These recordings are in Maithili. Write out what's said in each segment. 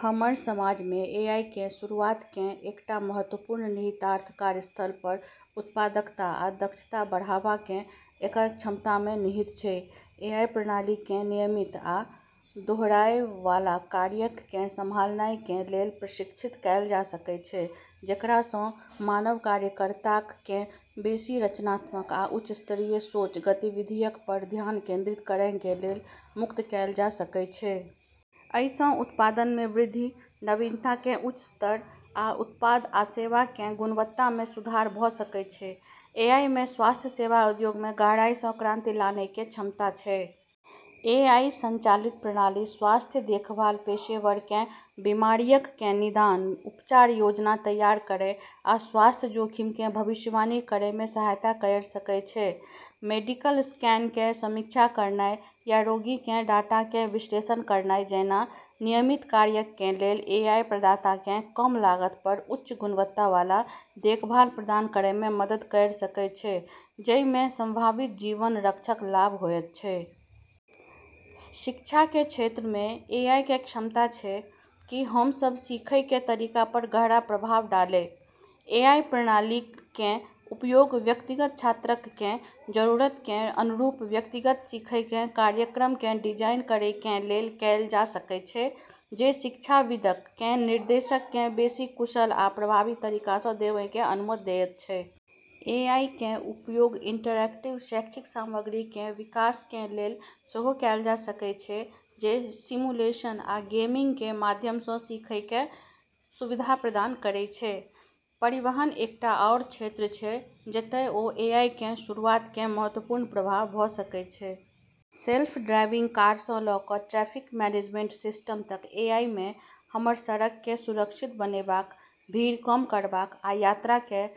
हमर समाज मे एआई कें शुरूआत कें एकटा महत्वपूर्ण निहितार्थ कार्यस्थल पर उत्पादकता आ दक्षता बढ़ावा कें एकर क्षमता मे निहित छै। एआई प्रणाली कें नियमित आ दोहराएय वाला कार्यक कें संभालनाय कें लेल प्रशिक्षित कैल जा सकय छै, जेकरा सं मानव कार्यकर्ताक कें बेसि रचनात्मक आ उच्च स्तरीय सोच गतिविधियक पर ध्यान केंद्रित करय कें लेल मुक्त कैल जा सकय छै। अइ सं उत्पादन मे वृद्धि, नवीनता कें उच्च स्तर, आ उत्पाद आ सेवाक कें गुणवत्ता मे सुधार भ सकय छै। एआई मे स्वास्थ्य सेवा उद्योग मे गहराई स क्रांति लानै के क्षमता छै। एआई संचालित प्रणाली स्वास्थ्य देखभाल पेशेवरक कें बीमारियक कें निदान, उपचार योजना तैयार करय आ स्वास्थ्य जोखिम कें भविष्यवाणी करय मे सहायता कयर सकय छै। मेडिकल स्कैन कें समीक्षा करनाय या रोगी कें डाटा कें विश्लेषण करनाय जैना नियमित कार्यक कें लेल, एआई प्रदाताक कें कम लागत पर उच्च गुणवत्ता वाला देखभाल प्रदान करय मे मदद कयर सकय छै, जइ मे संभावित जीवन रक्षक लाभ होयत छै। शिक्षा के क्षेत्र में एआई के क्षमता छै कि हम सब सीखै के तरीका पर गहरा प्रभाव डालै। एआई प्रणालीक कें उपयोग व्यक्तिगत छात्रक कें जरूरतक कें अनुरूप व्यक्तिगत सीखय कें कार्यक्रमक कें डिजाइन करय कें लेल कैल जा सकय छै, जे शिक्षाविदक कें निर्देशक कें बेसि कुशल आ प्रभावी तरीका सं देवय कें अनुमति देयत छै। एआई कें उपयोग इंटरैक्टिव शैक्षिक सामग्री कें विकास कें लेल सेहो कैल जा सकय छै, जे सिमुलेशन आ गेमिंग कें माध्यम सं सीखय कें सुविधा प्रदान करय छै। परिवहन एकटा आओर क्षेत्र छै जतय ओ एआई कें शुरूआत कें महत्वपूर्ण प्रभाव भ सकय छै। सेल्फ ड्राइविंग कार सं ल क ट्रैफिक मैनेजमेंट सिस्टम तक एआई मे हमर सड़क कए सुरक्षित बनेबाक, भीड़ कम करबाक, आ यात्रा कए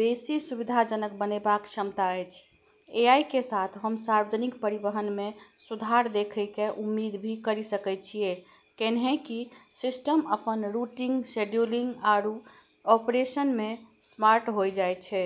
बेसी सुविधाजनक बनेबाक क्षमता अछि। एआई के साथ हम सार्वजनिक परिवहन मे सुधार देखै के उम्मीद भी करी सकै छियै, कैन्हेंकि सिस्टम अपन रूटिंग, शेड्यूलिंग, आरू ऑपरेशन मे स्मार्ट होय जाय छै।